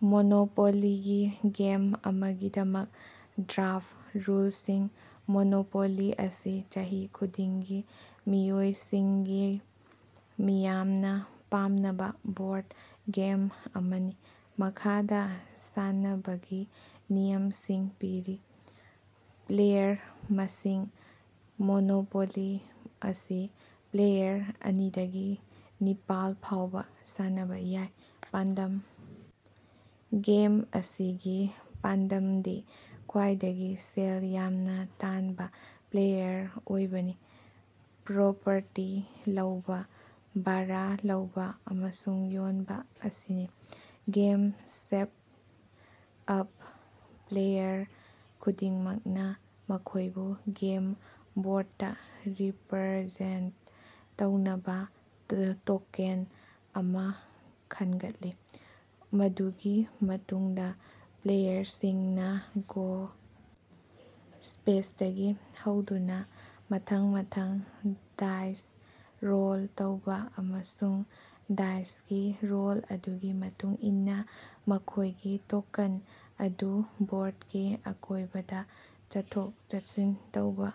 ꯃꯣꯅꯣꯄꯣꯂꯤꯒꯤ game ꯑꯃꯒꯤꯗꯃꯛ draft ꯔꯨꯜꯁꯤꯡ꯫ Monopoly ꯑꯁꯤ ꯆꯍꯤ ꯈꯨꯗꯤꯡꯒꯤ ꯃꯤꯑꯣꯏꯁꯤꯡꯒꯤ ꯃꯤꯌꯥꯝꯅ ꯄꯥꯝꯅꯕ ꯕꯣꯔꯗ ꯒꯦꯝ ꯑꯃꯅꯤ꯫ ꯃꯈꯥꯗ ꯁꯥꯟꯅꯕꯒꯤ ꯅꯤꯌꯝꯁꯤꯡ ꯄꯤꯔꯤ - ꯄ꯭ꯂꯦꯌꯔ ꯃꯁꯤꯡ - ꯃꯣꯅꯣꯄꯣꯂꯤ ꯑꯁꯤ ꯄ꯭ꯂꯦꯌꯔ ꯑꯅꯤꯗꯒꯤ ꯅꯤꯄꯥꯜ ꯐꯥꯎꯕ ꯁꯥꯟꯅꯕ ꯌꯥꯏ꯫ ꯄꯥꯟꯗꯝ - ꯒꯦꯝ ꯑꯁꯤꯒꯤ ꯄꯥꯟꯗꯝꯗꯤ ꯈ꯭ꯋꯥꯏꯗꯒꯤ ꯁꯦꯜ ꯌꯥꯝꯅ ꯇꯥꯟꯕ ꯄ꯭ꯂꯦꯌꯔ ꯑꯣꯏꯕꯅꯤ, ꯄ꯭ꯔꯣꯄꯔꯇꯤ ꯂꯧꯕ, ꯕꯥꯔꯥ ꯂꯧꯕ ꯑꯃꯁꯨꯡ ꯌꯣꯟꯕ ꯑꯁꯤꯅꯤ꯫ ꯒꯦꯝ ꯁꯦꯠꯑꯞ - ꯄ꯭ꯂꯦꯌꯔ ꯈꯨꯗꯤꯡꯃꯛꯅ ꯃꯈꯣꯏꯕꯨ ꯒꯦꯝ ꯕꯣꯔꯗꯇꯥ ꯔꯤꯄꯔꯖꯦꯟꯠ ꯇꯧꯅꯕ ꯇꯣꯀꯦꯟ ꯑꯃ ꯈꯟꯒꯠꯂꯤ꯫ ꯃꯗꯨꯒꯤ ꯃꯇꯨꯡꯗ ꯄ꯭ꯂꯦꯌꯔꯁꯤꯡꯅ ꯒꯣ ꯁ꯭ꯄꯦꯁꯇꯒꯤ ꯍꯧꯗꯨꯅ ꯃꯊꯪ ꯃꯊꯪ ꯗꯥꯏꯁ ꯔꯣꯜ ꯇꯧꯕ ꯑꯃꯁꯨꯡ ꯗꯥꯏꯁꯀꯤ ꯔꯣꯜ ꯑꯗꯨꯒꯤ ꯃꯇꯨꯡ ꯏꯟꯅ ꯃꯈꯣꯏꯒꯤ ꯇꯣꯀꯦꯟ ꯑꯗꯨ ꯕꯣꯔꯗꯀꯤ ꯑꯀꯣꯏꯕꯗ ꯆꯠꯊꯣꯛ-ꯆꯠꯁꯤꯟ ꯇꯧꯕ꯫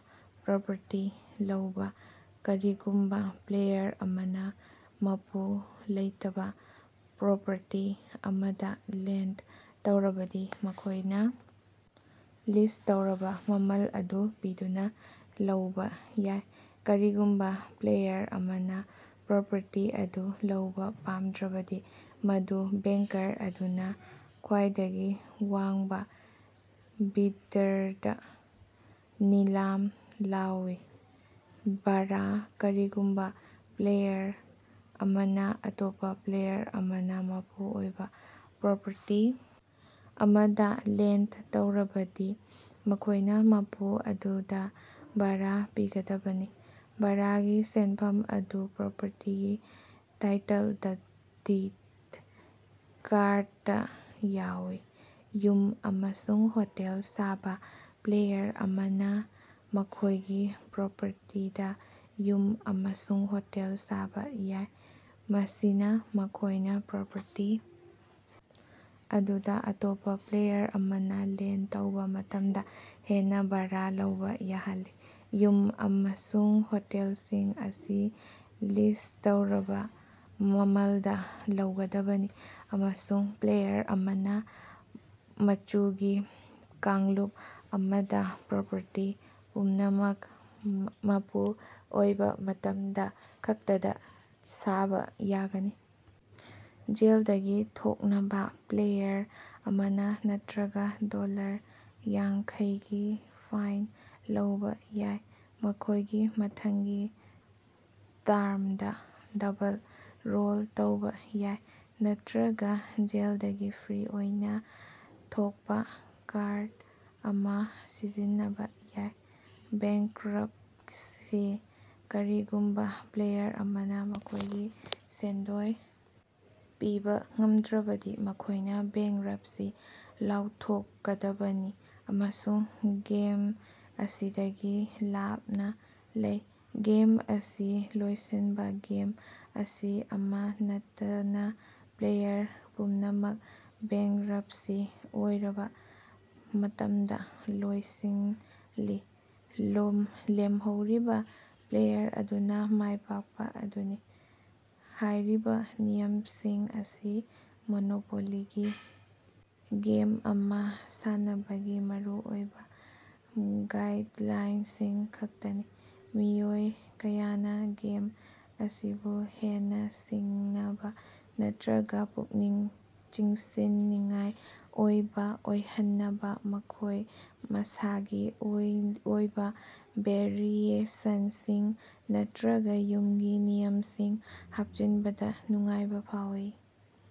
ꯄ꯭ꯔꯣꯄꯔꯇꯤ ꯂꯧꯕ - ꯀꯔꯤꯒꯨꯝꯕ ꯄ꯭ꯂꯦꯌꯔ ꯑꯃꯅ ꯃꯄꯨ ꯂꯩꯇꯕꯥ ꯄ꯭ꯔꯣꯄꯔꯇꯤ ꯑꯃꯗ ꯂꯦꯟ꯭ꯗ ꯇꯧꯔꯕꯗꯤ ꯃꯈꯣꯏꯅ ꯂꯤꯁ꯭ꯠ ꯇꯧꯔꯕ ꯃꯃꯜ ꯑꯗꯨ ꯄꯤꯗꯨꯅ ꯂꯧꯕ ꯌꯥꯏ꯫ ꯀꯔꯤꯒꯨꯝꯕ ꯄ꯭ꯂꯦꯌꯔ ꯑꯃꯅ ꯄ꯭ꯔꯣꯄꯔꯇꯤ ꯑꯗꯨ ꯂꯧꯕ‌ ꯄꯥꯝꯗ꯭ꯔꯕꯗꯤ, ꯃꯗꯨ ꯕꯦꯡꯀꯔ ꯑꯗꯨꯅ‌ ꯈ꯭ꯋꯥꯏꯗꯒꯤ ꯋꯥꯡꯕ‌‌ ꯕꯤꯗ꯭ꯗꯔꯗꯥ ꯅꯤꯂꯥꯝ ꯂꯥꯎꯏ꯫ ꯕꯥꯔꯥ - ꯀꯔꯤꯒꯨꯝꯕ ꯄ꯭ꯂꯦꯌꯔ ꯑꯃꯅ‌ ꯑꯇꯣꯞꯄꯥ ꯄ꯭ꯂꯦꯌꯔ ꯑꯃꯅ ꯃꯄꯨ ꯑꯣꯏꯕ ꯄ꯭ꯔꯣꯄꯔꯇꯤ ꯑꯃꯗ ꯂꯦꯟ꯭ꯗ ꯇꯧꯔꯕꯗꯤ ꯃꯈꯣꯏꯅ ꯃꯄꯨ ꯑꯗꯨꯗ ꯚꯥꯔꯥ ꯄꯤꯒꯗꯕꯅꯤ꯫ ꯚꯥꯔꯥꯒꯤ ꯁꯦꯟꯐꯝ ꯑꯗꯨ ꯄ꯭ꯔꯣꯄꯔꯇꯤꯒꯤ ꯇꯥꯏꯇꯜ ꯗꯤꯗ ꯀꯥꯔꯗꯇꯥ ꯌꯥꯎꯏ꯫ ꯌꯨꯝ ꯑꯃꯁꯨꯡ ꯍꯣꯇꯦꯜ ꯁꯥꯕ - ꯄ꯭ꯂꯦꯌꯔ ꯑꯃꯅ ꯃꯈꯣꯏꯒꯤ ꯄ꯭ꯔꯣꯄꯔꯇꯤꯗ ꯌꯨꯝ ꯑꯃꯁꯨꯡ ꯍꯣꯇꯦꯜ ꯁꯥꯕ ꯌꯥꯏ, ꯃꯁꯤꯅ ꯃꯈꯣꯏꯅ ꯄ꯭ꯔꯣꯄꯔꯇꯤ ꯑꯗꯨꯗ‌ ꯑꯇꯣꯞꯄ ꯄ꯭ꯂꯦꯌꯔ ꯑꯃꯅ ꯂꯦꯟ꯭ꯗ ꯇꯧꯕ ꯃꯇꯝꯗ ꯍꯦꯟꯅ ꯚꯥꯔꯥ ꯂꯧꯕ ꯌꯥꯍꯜꯂꯤ꯫ ꯌꯨꯝ ꯑꯃꯁꯨꯡ ꯍꯣꯇꯦꯜꯁꯤꯡ ꯑꯁꯤ ꯂꯤꯁ꯭ꯠ ꯇꯧꯔꯕ ꯃꯃꯜꯗ ꯂꯧꯒꯗꯕꯅꯤ ꯑꯃꯁꯨꯡ ꯄ꯭ꯂꯦꯌꯔ ꯑꯃꯅ ꯃꯆꯨꯒꯤ ꯀꯥꯡꯂꯨꯞ ꯑꯃꯗ ꯄ꯭ꯔꯣꯄꯔꯇꯤ ꯄꯨꯝꯅꯃꯛ ꯃꯄꯨ ꯑꯣꯏꯕ ꯃꯇꯝꯗ ꯈꯛꯇꯗ ꯁꯥꯕ ꯌꯥꯒꯅꯤ꯫ ꯖꯦꯜꯗꯒꯤ ꯊꯣꯛꯅꯕꯥ, ꯄ꯭ꯂꯦꯌꯔ ꯑꯃꯅ ꯅꯠꯇꯔꯒ ꯗꯣꯂꯔ ꯌꯥꯡꯈꯩꯒꯤ ꯐꯥꯏꯟ ꯂꯧꯕ ꯌꯥꯏ, ꯃꯈꯣꯏꯒꯤ ꯃꯊꯪꯒꯤ ꯇꯥ꯭ꯔꯝꯗꯥ ꯗꯕꯜ ꯔꯣꯜ ꯇꯧꯕ ꯌꯥꯏ, ꯅꯠꯇꯔꯒ ꯖꯦꯜꯗꯒꯤ ꯐ꯭ꯔꯤ ꯑꯣꯏꯅ‌ ꯊꯣꯛꯄ ꯀꯥꯔꯗ ꯑꯃ ꯁꯤꯖꯤꯟꯅꯕ ꯌꯥꯏ꯫ ꯕꯦꯡꯀ꯭ꯔꯞꯁꯤ - ꯀꯔꯤꯒꯨꯝꯕ ꯄ꯭ꯂꯦꯌꯔ ꯑꯃꯅ ꯃꯈꯣꯏꯒꯤ ꯁꯦꯟꯗꯣꯏ ꯄꯤꯕ ꯉꯝꯗ꯭ꯔꯕꯗꯤ ꯃꯈꯣꯏꯅ ꯕꯦꯡꯀ꯭ꯔꯞꯁꯤ ꯂꯥꯎꯊꯣꯛꯀꯗꯕꯅꯤ ꯑꯃꯁꯨꯡ ꯒꯦꯝ ꯑꯁꯤꯗꯒꯤ ꯂꯥꯞꯅ ꯂꯩ꯫ ꯒꯦꯝ ꯑꯁꯤ ꯂꯣꯏꯁꯤꯟꯕ - ꯒꯦꯝ ꯑꯁꯤ ꯑꯃ‌ ꯅꯠꯇꯅ ꯄ꯭ꯂꯦꯌꯔ ꯄꯨꯝꯅꯃꯛ ꯕꯦꯡꯀ꯭ꯔꯞꯁꯤ ꯑꯣꯏꯔꯕ ꯃꯇꯝꯗ ꯂꯣꯏꯁꯤꯜꯂꯤ꯫ ꯂꯦꯝꯍꯧꯔꯤꯕ ꯄ꯭ꯂꯦꯌꯔ ꯑꯗꯨꯅ ꯃꯥꯏꯄꯥꯛꯄ ꯑꯗꯨꯅꯤ꯫ ꯍꯥꯏꯔꯤꯕ ꯅꯤꯌꯝꯁꯤꯡ ꯑꯁꯤ ꯃꯣꯅꯣꯄꯣꯂꯤꯒꯤ ꯒꯦꯝ ꯑꯃ ꯁꯥꯟꯅꯕꯒꯤ ꯃꯔꯨꯑꯣꯏꯕ ꯒꯥꯏꯗꯂꯥꯏꯟꯁꯤꯡ ꯈꯛꯇꯅꯤ꯫ ꯃꯤꯑꯣꯏ ꯀꯌꯥꯅ ꯒꯦꯝ ꯑꯁꯤꯕꯨ ꯍꯦꯟꯅ ꯁꯤꯡꯅꯕ ꯅꯠꯇꯔꯒ ꯄꯨꯛꯅꯤꯡ ꯆꯤꯡꯁꯤꯟꯅꯤꯡꯉꯥꯏ ꯑꯣꯏꯕ ꯑꯣꯏꯍꯟꯅꯕ ꯃꯈꯣꯏ ꯃꯁꯥꯒꯤ ꯑꯣꯏꯕ ꯚꯦꯔꯤꯑꯦꯁꯟꯁꯤꯡ ꯅꯠꯇꯔꯒ ꯌꯨꯝꯒꯤ ꯅꯤꯌꯝꯁꯤꯡ ꯍꯥꯞꯆꯤꯟꯕꯗ ꯅꯨꯡꯉꯥꯏꯕ ꯐꯥꯎꯏ꯫